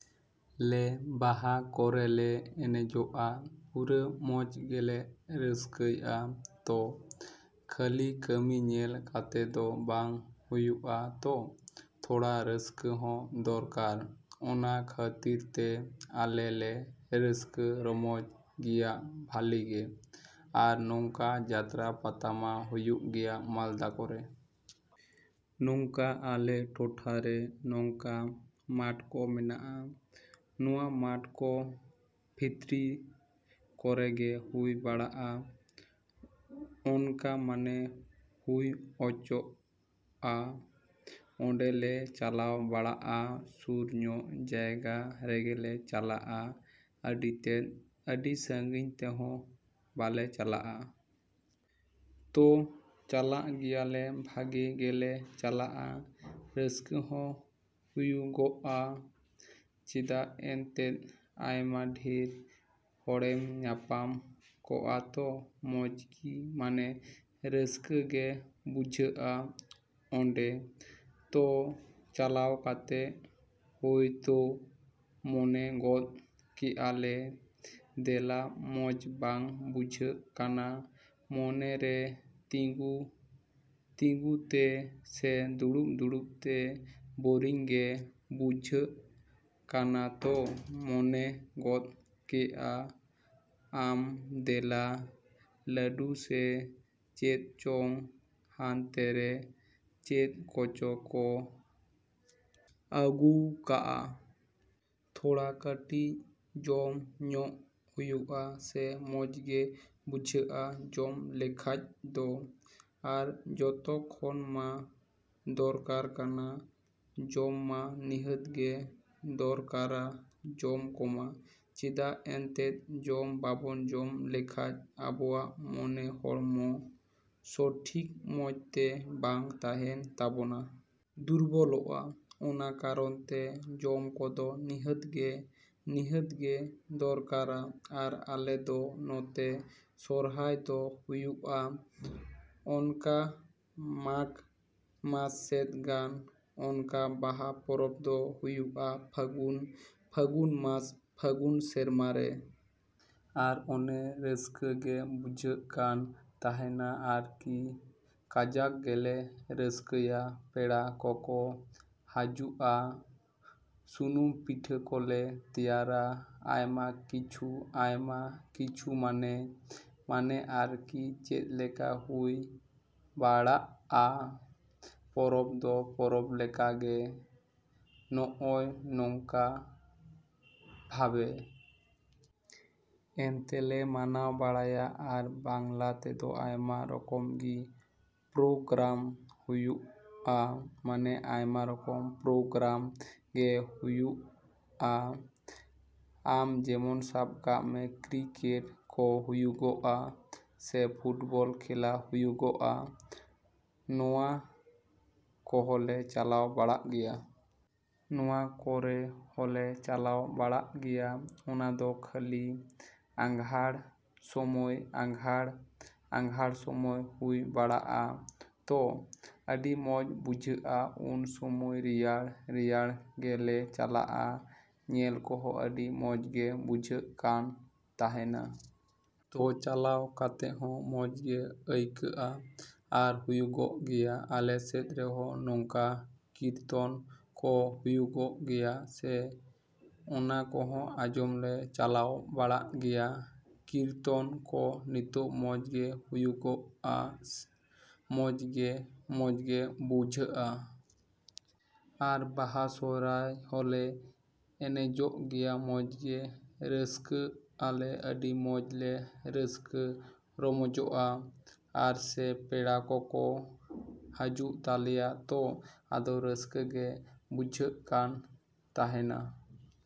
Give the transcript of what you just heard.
ᱞᱮ ᱵᱟᱦᱟ ᱠᱚᱨᱮ ᱞᱮ ᱮᱱᱮᱡᱚᱜᱼᱟ, ᱯᱩᱨᱟᱹ ᱢᱚᱡᱽ ᱜᱮᱞᱮ ᱨᱟᱹᱥᱠᱟᱹᱭᱼᱟ᱾ ᱛᱚ, ᱠᱷᱟᱹᱞᱤ ᱠᱟᱹᱢᱤ ᱧᱮᱞ ᱠᱟᱛᱮ ᱫᱚ ᱵᱟᱝ ᱦᱩᱭᱩᱜᱼᱟ ᱛᱚ, ᱛᱷᱚᱲᱟ ᱨᱟᱹᱥᱠᱟᱹ ᱦᱚᱸ ᱫᱚᱨᱠᱟᱨ᱾ ᱚᱱᱟ ᱠᱷᱟᱹᱛᱤᱨ ᱛᱮ ᱟᱞᱮ ᱞᱮ ᱨᱟᱹᱥᱠᱟᱹ ᱨᱚᱢᱚᱡ ᱜᱮᱭᱟ ᱵᱷᱟᱞᱮ ᱜᱮ᱾ ᱟᱨ ᱱᱚᱝᱠᱟ ᱡᱟᱛᱨᱟ ᱯᱟᱞᱟ ᱢᱟ ᱦᱩᱭᱩᱜ ᱜᱮᱭᱟ ᱢᱟᱞᱫᱟ ᱠᱚᱨᱮ᱾ ᱱᱚᱝᱠᱟ ᱟᱞᱮ ᱴᱚᱴᱷᱟ ᱨᱮ ᱱᱚᱝᱠᱟ ᱢᱟᱴᱷ ᱠᱚ ᱢᱮᱱᱟᱜᱼᱟ᱾ ᱱᱚᱣᱟ ᱢᱟᱴᱷ ᱠᱚ ᱵᱷᱤᱛᱨᱤ ᱠᱚᱨᱮ ᱜᱮ ᱦᱩᱭ ᱵᱟᱲᱟᱜᱼᱟ ᱚᱱᱠᱟ ᱢᱟᱱᱮ ᱦᱩᱭ ᱚᱪᱚ. ᱟ, ᱚᱸᱰᱮ ᱞᱮ ᱪᱟᱞᱟᱣ ᱵᱟᱲᱟᱜᱼᱟ᱾ ᱥᱩᱨ ᱧᱚᱜ ᱡᱟᱭᱜᱟ ᱨᱮᱜᱮᱞᱮ ᱪᱟᱞᱟᱜᱼᱟ ᱟᱹᱰᱤ ᱛᱮᱫ, ᱟᱹᱰᱤ ᱥᱟᱺᱜᱤᱧ ᱛᱮᱦᱚᱸ ᱵᱟᱞᱮ ᱪᱟᱞᱟᱜᱼᱟ᱾ ᱛᱚ, ᱪᱟᱞᱟᱜ ᱜᱮᱭᱟ ᱞᱮ ᱵᱷᱟᱜᱮ ᱜᱮᱞᱮ ᱪᱟᱞᱟᱜᱼᱟ, ᱨᱟᱹᱥᱠᱟᱹ ᱦᱚᱸ ᱦᱩᱭᱩᱜᱚᱜᱼᱟ᱾ ᱪᱮᱫᱟᱜ ᱮᱱᱛᱮᱫ ᱟᱭᱢᱟ ᱰᱷᱮᱨ ᱦᱚᱲᱮᱢ ᱧᱟᱯᱟᱢ ᱠᱚᱜᱼᱟ ᱛᱚ᱾ ᱢᱚᱡᱽ ᱜᱤ ᱢᱟᱱᱮ ᱨᱟᱹᱥᱠᱟᱹ ᱜᱮ ᱵᱩᱡᱷᱟᱹᱜᱼᱟ ᱚᱸᱰᱮ᱾ ᱛᱚ, ᱪᱟᱞᱟᱣ ᱠᱟᱛᱮ ᱦᱳᱭᱛᱳ ᱢᱚᱱᱮ ᱜᱚᱫ ᱠᱮᱜᱼᱟ ᱞᱮ ᱫᱮᱞᱟ ᱢᱚᱡᱽ ᱵᱟᱝ ᱵᱩᱡᱷᱟᱹᱜ ᱠᱟᱱᱟ ᱢᱚᱱᱮ ᱨᱮ ᱛᱤᱸᱜᱩ ᱛᱤᱸᱜᱩ ᱛᱮ ᱥᱮ ᱫᱩᱲᱩᱵ ᱫᱩᱲᱩᱵ ᱛᱮ ᱵᱳᱨᱤᱝ ᱜᱮ ᱵᱩᱡᱷᱟᱹᱜ ᱠᱟᱱᱟ ᱛᱚ, ᱢᱚᱱᱮ ᱜᱚᱫ ᱠᱮᱜᱼᱟ ᱟᱢ ᱫᱮᱞᱟ ᱞᱟᱹᱰᱩ ᱥᱮ ᱪᱮᱫ ᱪᱚᱝ ᱦᱟᱱᱛᱮ ᱨᱮ ᱪᱮᱫ ᱠᱚᱪᱚ ᱠᱚ ᱟᱹᱜᱩᱣ ᱠᱟᱜᱼᱟ? ᱛᱷᱚᱲᱟ ᱠᱟᱹᱴᱤᱡ ᱡᱚᱢ ᱧᱚᱜᱽ ᱦᱩᱭᱩᱜᱼᱟ ᱥᱮ ᱢᱚᱡᱽ ᱜᱮ ᱵᱩᱡᱷᱟᱹᱜᱼᱟ ᱡᱚᱢ ᱞᱮᱠᱷᱟᱡ ᱫᱚ᱾ ᱟᱨ ᱡᱚᱛᱚ ᱠᱷᱚᱱ ᱢᱟ ᱫᱚᱨᱠᱟᱨ ᱠᱟᱱᱟ ᱡᱚᱢ ᱢᱟ ᱱᱤᱦᱟᱹᱛ ᱜᱮ ᱫᱚᱨᱠᱟᱨᱟ ᱡᱚᱢ ᱠᱚᱢᱟ᱾ ᱪᱮᱫᱟᱜ ᱮᱱᱛᱮᱫ ᱡᱚᱢ ᱵᱟᱵᱚᱱ ᱡᱚᱢ ᱞᱮᱠᱷᱟᱡ ᱟᱵᱚᱣᱟᱜ ᱢᱟᱱᱮ ᱦᱚᱲᱢᱚ ᱥᱚᱴᱷᱤᱠ ᱢᱚᱡᱽ ᱛᱮ ᱵᱟᱝ ᱛᱟᱦᱮᱱ ᱛᱟᱵᱚᱱᱟ᱾ ᱫᱩᱨᱵᱚᱞᱚᱜᱼᱟ, ᱾ ᱚᱱᱟ ᱠᱟᱨᱚᱱ ᱛᱮ ᱡᱚᱢ ᱠᱚᱫᱚ ᱱᱤᱦᱟᱹᱛ ᱜᱮ, ᱱᱤᱦᱟᱹᱛ ᱜᱮ ᱫᱚᱨᱠᱟᱨᱟ᱾ ᱟᱨ ᱟᱞᱮ ᱫᱚ ᱱᱚᱛᱮ ᱥᱚᱦᱨᱟᱭ ᱫᱚ ᱦᱩᱭᱩᱜᱼᱟ ᱚᱱᱠᱟ ᱢᱟᱜᱽ ᱢᱟᱥ ᱥᱮᱫ ᱜᱟᱱ᱾ ᱚᱱᱠᱟ ᱵᱟᱦᱟ ᱯᱚᱨᱚᱵᱽ ᱫᱚ ᱦᱩᱭᱩᱜᱼᱟ ᱯᱷᱟᱹᱜᱩᱱ, ᱯᱷᱟᱹᱜᱩᱱ ᱢᱟᱥ ᱯᱷᱟᱹᱜᱩᱱ ᱥᱮᱨᱢᱟ ᱨᱮ᱾ ᱟᱨ ᱚᱱᱮ ᱨᱟᱹᱥᱠᱟᱹ ᱜᱮ ᱵᱩᱡᱷᱟᱹᱜ ᱠᱟᱱ ᱛᱟᱦᱮᱱᱟ ᱟᱨᱠᱤ ᱠᱟᱡᱟᱠ ᱜᱮᱞᱮ ᱨᱟᱹᱥᱠᱟᱹᱭᱟ᱾ ᱯᱮᱲᱟ ᱠᱚᱠᱚ ᱦᱟᱡᱩᱜᱼᱟ ᱥᱩᱱᱩᱢ ᱯᱤᱴᱷᱟᱹ ᱠᱚᱞᱮ ᱛᱮᱭᱟᱨᱟ᱾ ᱟᱭᱢᱟ ᱠᱤᱪᱷᱩ, ᱟᱭᱢᱟ ᱠᱤᱪᱷᱩ ᱢᱟᱱᱮ, ᱢᱟᱱᱮ ᱟᱨᱠᱤ ᱪᱮᱫᱞᱮᱠᱟ ᱦᱩᱭ ᱵᱟᱲᱟᱲᱜᱼᱟ᱾ ᱯᱚᱨᱚᱵᱽ ᱫᱚ ᱯᱚᱨᱚᱵᱽ ᱞᱮᱠᱟᱜᱮ ᱱᱚᱜᱼᱚᱸᱭ ᱱᱚᱝᱠᱟ ᱵᱷᱟᱵᱮ᱾ ᱮᱱᱛᱮ ᱞᱮ ᱢᱟᱱᱟᱣ ᱵᱟᱲᱟᱭᱟ᱾ ᱟᱨ ᱵᱟᱝᱞᱟ ᱛᱮᱫᱚ ᱟᱭᱢᱟ ᱨᱚᱠᱚᱢ ᱜᱤ ᱯᱨᱳᱜᱨᱟᱢ ᱦᱩᱭᱩᱜᱼᱟ᱾ ᱢᱟᱱᱮ ᱟᱭᱢᱟ ᱨᱚᱠᱚᱢ ᱯᱨᱳᱜᱨᱟᱢ ᱜᱮ ᱦᱩᱭᱩᱜᱼᱟ᱾ ᱟᱢ ᱡᱮᱢᱚᱱ ᱥᱟᱵ ᱠᱟᱜ ᱢᱮ ᱠᱨᱤᱠᱮᱴ ᱠᱚ ᱦᱩᱭᱩᱜᱚᱜᱼᱟ ᱥᱮ ᱯᱷᱩᱴᱵᱚᱞ ᱠᱷᱮᱞᱟ ᱦᱩᱭᱩᱜᱚᱜᱼᱟ, ᱱᱚᱣᱟ ᱠᱚᱦᱚᱸᱞᱮ ᱪᱟᱞᱟᱣ ᱵᱟᱲᱟᱜ ᱜᱮᱭᱟ᱾ ᱱᱚᱣᱟ ᱠᱚᱨᱮ ᱦᱚᱸᱞᱮ ᱪᱟᱞᱟᱣ ᱵᱟᱲᱟᱜ ᱜᱮᱭᱟ᱾ ᱚᱱᱟ ᱫᱚ ᱠᱷᱟᱹᱞᱤ ᱟᱸᱜᱷᱟᱸᱬ ᱥᱚᱢᱚᱭ ᱟᱸᱜᱷᱟᱸᱬ, ᱟᱸᱜᱷᱟᱬ ᱥᱚᱢᱚᱭ ᱦᱩᱭ ᱵᱟᱲᱟᱜᱼᱟ᱾ ᱛᱚ, ᱟᱹᱰᱤ ᱢᱚᱡᱽ ᱵᱩᱡᱷᱟᱹᱜᱼᱟ ᱩᱱ ᱥᱚᱢᱚᱭ ᱨᱮᱭᱟᱲ, ᱨᱮᱭᱟᱲ ᱜᱮ ᱞᱮ ᱪᱟᱞᱟᱜᱼᱟ᱾ ᱧᱮᱞ ᱠᱚᱦᱚᱸ ᱟᱹᱰᱤ ᱢᱚᱡᱽ ᱜᱮ ᱵᱩᱡᱷᱟᱹᱜ ᱠᱟᱱ ᱛᱟᱦᱮᱱᱟ᱾ ᱛᱚ, ᱪᱟᱞᱟᱣ ᱠᱟᱛᱮ ᱦᱚᱸ ᱢᱚᱡᱽ ᱜᱮ ᱟᱹᱭᱠᱟᱹᱜᱼᱟ᱾ ᱟᱨ ᱦᱩᱭᱩᱜᱚᱜ ᱜᱮᱭᱟ ᱟᱞᱮ ᱥᱮᱫ ᱨᱮᱦᱚᱸ ᱱᱚᱝᱠᱟ ᱠᱤᱨᱛᱚᱱ ᱠᱚ ᱦᱩᱭᱩᱜᱚᱜ ᱜᱮᱭᱟ, ᱥᱮ ᱚᱱᱟ ᱠᱚᱦᱚᱸ ᱟᱸᱡᱚᱢ ᱞᱮ ᱪᱟᱞᱟᱣ ᱵᱟᱲᱟᱜ ᱜᱮᱭᱟ᱾ ᱠᱤᱨᱛᱚᱱ ᱠᱚ ᱱᱤᱛᱚᱜ ᱢᱚᱡᱽ ᱜᱮ ᱦᱩᱭᱩᱜᱚᱜᱼᱟ, ᱢᱚᱡᱽ ᱜᱮ ᱢᱚᱡᱽ ᱜᱮ ᱵᱩᱡᱷᱟᱹᱜᱼᱟ᱾ ᱟᱨ ᱵᱟᱦᱟ ᱥᱚᱨᱦᱟᱭ ᱦᱚᱸᱞᱮ ᱮᱱᱮᱡᱚᱜ ᱜᱮᱭᱟ ᱢᱚᱡᱽ ᱜᱮ ᱨᱟᱹᱥᱠᱟᱹᱜ ᱟᱞᱮ, ᱟᱹᱰᱤ ᱢᱚᱡᱽ ᱞᱮ ᱨᱟᱹᱥᱠᱟᱹ ᱨᱚᱢᱚᱡᱚᱜᱼᱟ᱾ ᱟᱨ ᱥᱮ ᱯᱮᱲᱟ ᱠᱚᱠᱚ ᱦᱟᱡᱩᱜ ᱛᱟᱞᱮᱭᱟ ᱛᱚ ᱟᱫᱚ ᱨᱟᱹᱥᱠᱟᱹ ᱜᱮ ᱵᱩᱡᱷᱟᱹᱜ ᱠᱟᱱ ᱛᱟᱦᱮᱱᱟ᱾।